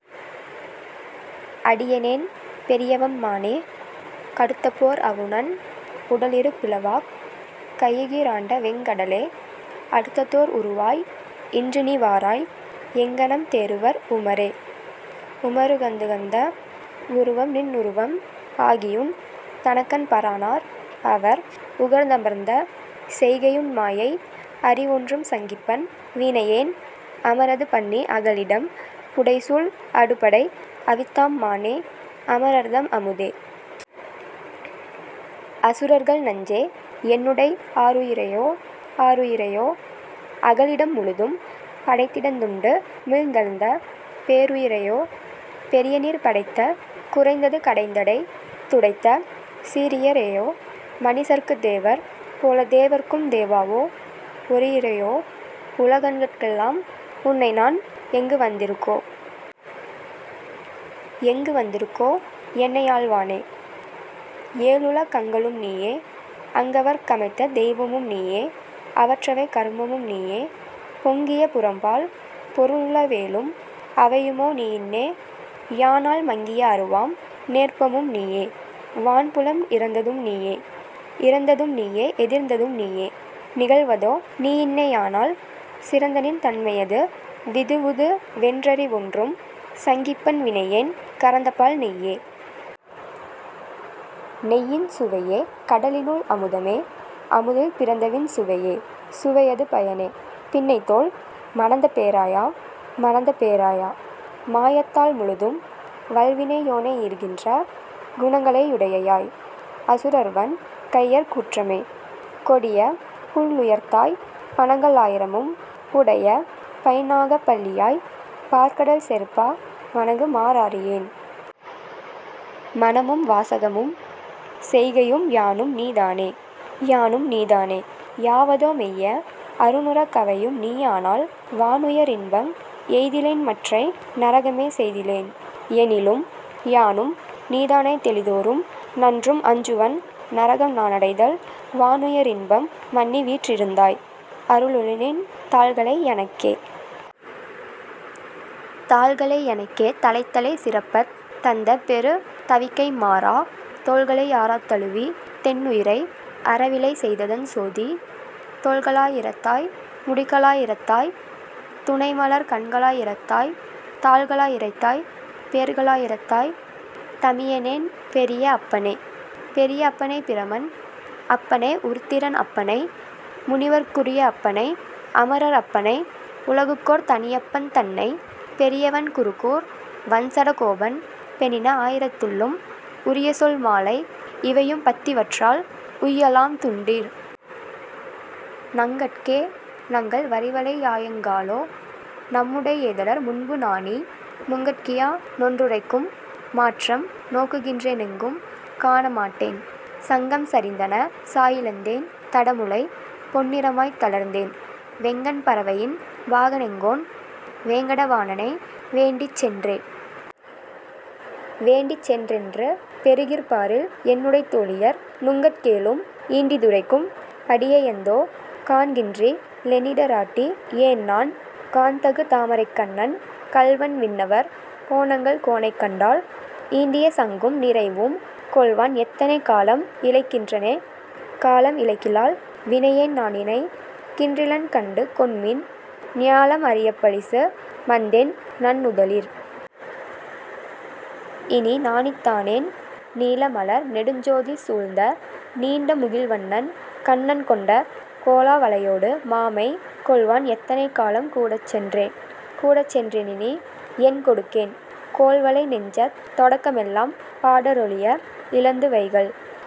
அடியனேன் பெரியவம் மானே, கடுத்தபோர் அவுணன் உடலிரு பிளவாக் கையுகி ராண்டவெங் கடலே, அடுத்ததோர் உருவாய் இன்றுநீ வாராய்। எங்ஙனம் தேறுவர் உமரே?. உமருகந் துகந்த வுருவம்நின் னுருவம் ஆகியுன் தனக்கன்ப ரானார் அவர், உகந் தமர்ந்த செய்கையுன் மாயை அறிவொன்றும் சங்கிப்பன் வினையேன், அமரது பண்ணி அகலிடம் புடைசூழ் அடுபடை அவித்தாம் மானே, அமரர்தம் அமுதே. அசுரர்கள் நஞ்சே. என்னுடை ஆருயி ரேயோ.. ஆருயி ரேயோ. அகலிடம் முழுதும் படைத்திடந் துண்டுமிழ்ந் தளந்த, பேருயி ரேயோ. பெரியநீர் படைத்தங் குறைந்தது கடைந்தடைத் துடைத்த, சீரிய ரேயோ. மனிசர்க்குத் தேவர் போலத்தே வர்க்கும்தே வாவோ, ஒருயி ரேயோ. உலகங்கட் கெல்லாம் உன்னைநான் எங்குவந் துறுகோ?. எங்குவந் துறுகோ என்னையாள் வானே. ஏழுல கங்களும் நீயே, அங்கவர்க் கமைத்த தெய்வமும் நீயே அவற்றவை கருமமும் நீயே, பொங்கிய புறம்பால் பொருளுள வேலும் அவையுமோ நீயின்னே யானால் மங்கிய அருவாம் நேர்ப்பமும் நீயே வான்புலம் இறந்ததும் நீயே.. இறந்ததும் நீயே எதிர்ந்ததும் நீயே நிகழ்வதோ நீயின்னே யானால், சிறந்தநின் தன்மை யதுவிது வுதுவென் றறிவொன்றும் சங்கிப்பன் வினையேன், கறந்தபால் நெய்யே. நெய்யின் சுவையே. கடலினுள் அமுதமே, அமுதில் பிறந்தவின் சுவையே. சுவையது பயனே. பின்னைதோள் மணந்தபே ராயா.. மணந்தபே ராயா. மாயத்தால் முழுதும் வல்வினை யோனையீர் கின்ற, குணங்களை யுடையாய். அசுரர்வன் கையர் கூற்றமே. கொடியபுள் ளுயர்த்தாய், பணங்களா யிரமும் உடையபைந் நாகப் பள்ளியாய். பாற்கடல் சேர்ப்பா, வணங்குமா றாறியேன். மனமும்வா சகமும் செய்கையும் யானும்நீ தானே.. யானும்நீ தானே யாவதோ மெய்யே அருநர கவையும் நீயானால், வானுய ரின்பம் எய்திலென் மற்றை நரகமே யெய்திலென்? எனிலும், யானும்நீ தானாய்த் தெளிதொறும் நன்றும் அஞ்சுவன் நரகம்நா னடைதல், வானுய ரின்பம் மன்னிவீற் றிருந்தாய். அருளுநின் தாள்களை யெனக்கே.. தாள்களை யெனக்கே தலைத்தலை சிறப்பத் தந்தபே ருதவிக்கைம் மாறா, தோள்களை யாரத் தழுவிதென் னுயிரை அறவிலை செய்தனன் சோதீ, தோள்களா யிரத்தாய். முடிகளா யிரத்தாய். துணைமலர்க் கண்களா யிரத்தாய், தாள்களா யிரத்தாய். பேர்களா யிரத்தாய். தமியனேன் பெரிய அப்பனே. பெரிய அப்பனைப் பிரமன் அப்பனை உருத்திரன் அப்பனை, முனிவர்க் குரிய அப்பனை அமரர் அப்பனை உலகுக்கோர் தனியப்பன் தன்னை, பெரியவண் குருகூர் வண்சட கோபன் பேணின ஆயிரத் துள்ளும், உரியசொல் மாலை இவையும்பத் திவற்றால் உய்யலாம் தொண்டீர். நங் கட்கே. நங்கள் வரிவளை யாயங் காளோ. நம்முடை ஏதலர் முன்பு நாணி, நுங்கட் கியானொன்று ரைக்கும் மாற்றம் நோக்குகின் றேனெங்கும் காண மாட்டேன், சங்கம் சரிந்தன சாயி ழந்தேன் தடமுலை பொன்னிற மாய்த்த ளர்ந்தேன், வெங்கண் பறவையின் பாக னெங்கோன் வேங்கட வாணணை வேண்டிச் சென்றே.. வேண்டிச்சென் றொன்று பெறுகிற் பாரில் என்னுடைத் தோழியர் நுங்கட் கேலும், ஈண்டிது ரைக்கும் படியை யந்தோ. காண்கின்றி லேனிட ராட்டி யேன்நான், காண்தகு தாமரைக் கண்ணன் கள்வன் விண்ணவர் கோன்நங்கள் கோனைக் கண்டால், ஈண்டிய சங்கும் நிறைவும் கொள்வான் எத்தனை காலம் இளைக்கின் றேனே.. காலம் இளைக்கிலல் லால்வி னையேன் நானிளைக் கின்றிலன் கண்டு கொண்மின், ஞாலம் அறியப் பழிசு மந்தேன் நன்னுத லீர். இனி நாணித் தானென், நீல மலர்நெடுஞ் சோதி சூழ்ந்த நீண்ட முகில்வண்ணன் கண்ணன் கொண்ட, கோல வளையொடு மாமை கொள்வான் எத்தனை காலம்கூ டச்சென்றே?. கூடச்சென் றேனினி என்கொ டுக்கேன்? கோல்வளை நெஞ்சத் தொடக்க மெல்லாம், பாடற் றொழிய இழந்து வைகல்